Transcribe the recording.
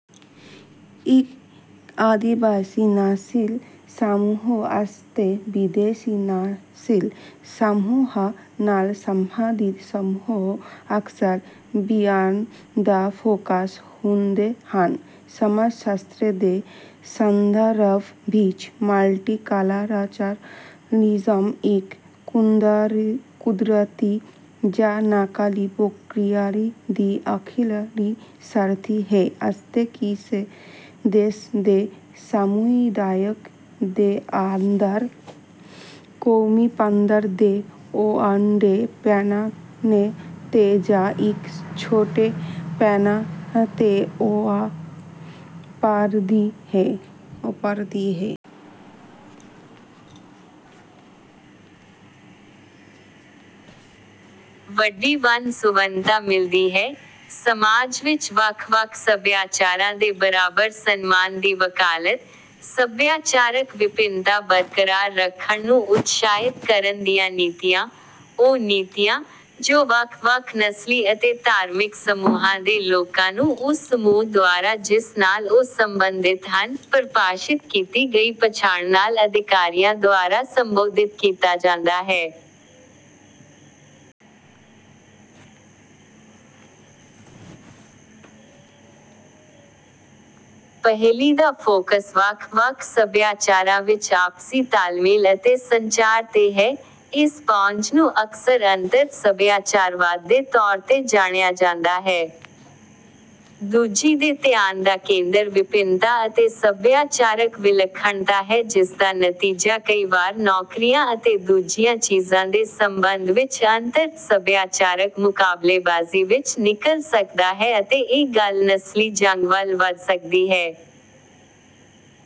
ਇੱਕ ਆਦਿਵਾਸੀ ਨਸਲੀ ਸਮੂਹ ਅਤੇ ਵਿਦੇਸ਼ੀ ਨਸਲੀ ਸਮੂਹਾਂ ਨਾਲ ਸਬੰਧਿਤ ਸਮੂਹ ਅਕਸਰ ਧਿਆਨ ਦਾ ਫ਼ੋਕਸ ਹੁੰਦੇ ਹਨ। ਸਮਾਜ ਸ਼ਾਸਤਰ ਦੇ ਸੰਦਰਭ ਵਿੱਚ, ਮਲਟੀਕਲਚਰਿਜ਼ਮ ਇੱਕ ਕੁਦਰਤੀ ਜਾਂ ਨਕਲੀ ਪ੍ਰਕਿਰਿਆ ਦੀ ਅਖੀਰਲੀ ਸਥਿਤੀ ਹੈ ਅਤੇ ਕਿਸੇ ਦੇਸ਼ ਦੇ ਸਮੁਦਾਇਆਂ ਦੇ ਅੰਦਰ ਕੌਮੀ ਪੱਧਰ ਦੇ ਵੱਡੇ ਪੈਮਾਨੇ ਤੇ ਜਾਂ ਇੱਕ ਛੋਟੇ ਪੈਮਾਨੇ ਤੇ ਵਾਪਰਦੀ ਹੈ। ਵੱਡੀ ਵੰਨ ਸੁਵੰਨਤਾ ਮਿਲਦੀ ਹੈ, ਸਮਾਜ ਵਿੱਚ ਵੱਖ ਵੱਖ ਸਭਿਆਚਾਰਾਂ ਦੇ ਬਰਾਬਰ ਸਨਮਾਨ ਦੀ ਵਕਾਲਤ, ਸੱਭਿਆਚਾਰਕ ਵਿਭਿੰਨਤਾ ਬਰਕਰਾਰ ਰੱਖਣ ਨੂੰ ਉਤਸ਼ਾਹਿਤ ਕਰਨ ਦੀਆਂ ਨੀਤੀਆਂ, ਉਹ ਨੀਤੀਆਂ, ਜੋ ਵੱਖ-ਵੱਖ ਨਸਲੀ ਅਤੇ ਧਾਰਮਿਕ ਸਮੂਹਾਂ ਦੇ ਲੋਕਾਂ ਨੂੰ ਉਸ ਸਮੂਹ ਦੁਆਰਾ ਜਿਸ ਨਾਲ ਉਹ ਸੰਬੰਧਿਤ ਹਨ, ਪ੍ਰਭਾਸ਼ਿਤ ਕੀਤੀ ਗਈ ਪਛਾਣ ਨਾਲ ਅਧਿਕਾਰੀਆਂ ਦੁਆਰਾ ਸੰਬੋਧਿਤ ਕੀਤਾ ਜਾਂਦਾ ਹੈ। ਪਹਿਲੀ ਦਾ ਫ਼ੋਕਸ ਵੱਖ-ਵੱਖ ਸਭਿਆਚਾਰਾਂ ਵਿਚ ਆਪਸੀ ਤਾਲਮੇਲ ਅਤੇ ਸੰਚਾਰ ਤੇ ਹੈ; ਇਸ ਪਹੁੰਚ ਨੂੰ ਅਕਸਰ ਅੰਤਰ-ਸਭਿਆਚਾਰਵਾਦ ਦੇ ਤੌਰ ਤੇ ਜਾਣਿਆ ਜਾਂਦਾ ਹੈ। ਦੂਜੀ ਦੇ ਧਿਆਨ ਦਾ ਕੇਂਦਰ ਵਿਭਿੰਨਤਾ ਅਤੇ ਸੱਭਿਆਚਾਰਕ ਵਿਲੱਖਣਤਾ ਹੈ ਜਿਸਦਾ ਨਤੀਜਾ ਕਈ ਵਾਰ ਨੌਕਰੀਆਂ ਅਤੇ ਦੂਜੀਆਂ ਚੀਜ਼ਾਂ ਦੇ ਸੰਬੰਧ ਵਿੱਚ ਅੰਤਰ-ਸਭਿਆਚਾਰਕ ਮੁਕਾਬਲੇਬਾਜ਼ੀ ਵਿੱਚ ਨਿਕਲ ਸਕਦਾ ਹੈ ਅਤੇ ਇਹ ਗੱਲ ਨਸਲੀ ਜੰਗ ਵੱਲ ਵਧ ਸਕਦੀ ਹੈ।